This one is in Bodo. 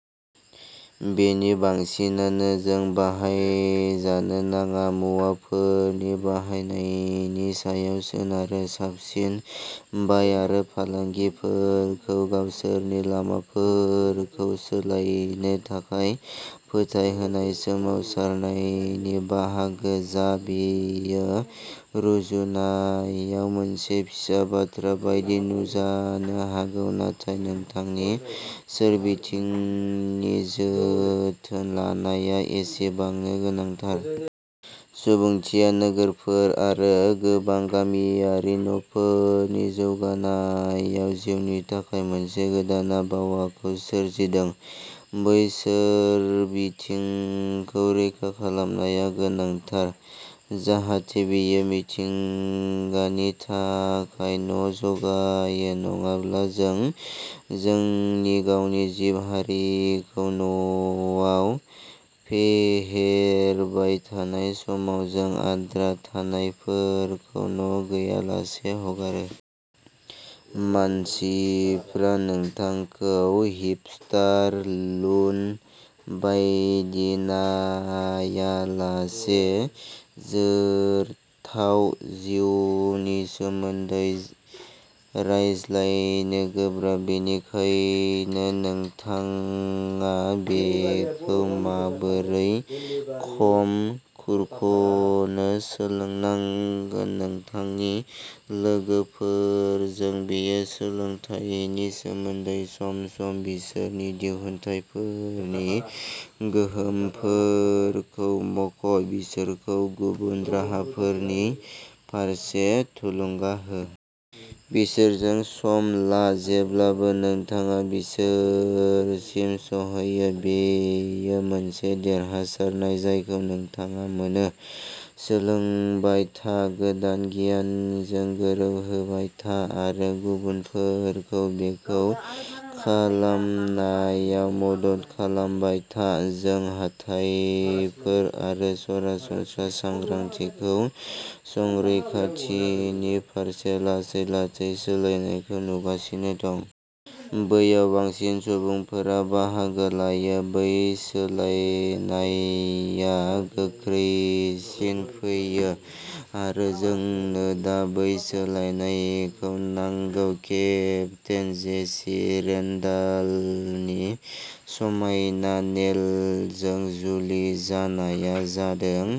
बेनि बांसिनानो जों बाहायजानो नाङा मुवाफोरनि बाहायनायनि सायाव सोनारो। साबसिन बाय आरो फालांगिफोरखौ गावसोरनि लामाफोरखौ सोलायनो थाखाय फोथायहोनाय सोमावसारनायनि बाहागो जा। बेयो रुजुनायाव मोनसे फिसा बाथ्रा बायदि नुजानो हागौ, नाथाय नोंथांनि सोरबिथिंनि जोथोन लानाया एसेबांनो गोनांथार। सुबुंथिया नोगोरफोर आरो गोबां गामियारि न'फोरनि जौगानायाव जिउनि थाखाय मोनसे गोदान आबहावाखौ सोरजिदों। बै सोरबिथिंखौ रैखा खालामनाया गोनांथार जाहाथे बेयो मिथिंगानि थाखाय न' जगायो। नङाब्ला, जों जोंनि गावनि जिब-हारिखौ न'आव फेहेरबाय थानाय समाव, जों आद्रा थानायफोरखौ न' गैयालासे हगारो। मानसिफ्रा नोंथांखौ हिपस्टार लुन बायदि नायालासे जोरथाव जिउनि सोमोन्दै रायज्लायनो गोब्राब। बेनिखायनो नोंथाङा बेखौ माबोरै खम खुरख'नो सोलोंनांगोन। नोंथांनि लोगोफोरजों, बेयो सोलोंथायनि सोमोन्दै। सम-सम बिसोरनि दिहुनथायफोरनि गोहोमफोरखौ मुंख'। बिसोरखौ गुबुन राहाफोरनि फारसे थुलुंगा हो। बिसोरजों सम ला। जेब्लानो नोंथाङा बिसोरसिम सौहैयो, बेयो मोनसे देरहासारनाय जायखौ नोंथाङा मोनो। सोलोंबाय था, गोदान गियानजों गोरोबहोबाय था आरो गुबुनफोरखौ बेखौ खालामनायाव मदद खालामबाय था। जों हाथाइफोर आरो सरासनस्रा सांग्रांथिखौ संरैखाथिनि फारसे लासै-लासै सोलायनायखौ नुगासिनो दं। बैयाव बांसिन सुबुंफोरा बाहागो लायो, बे सोलायनायआ गोख्रैसिन फैयो। आरो जोंनो दा बै सोलायनायखौ नांगौ। केप्टेन जेसि रेन्डालनि समायना नेलजों जुलि जानाया जादों।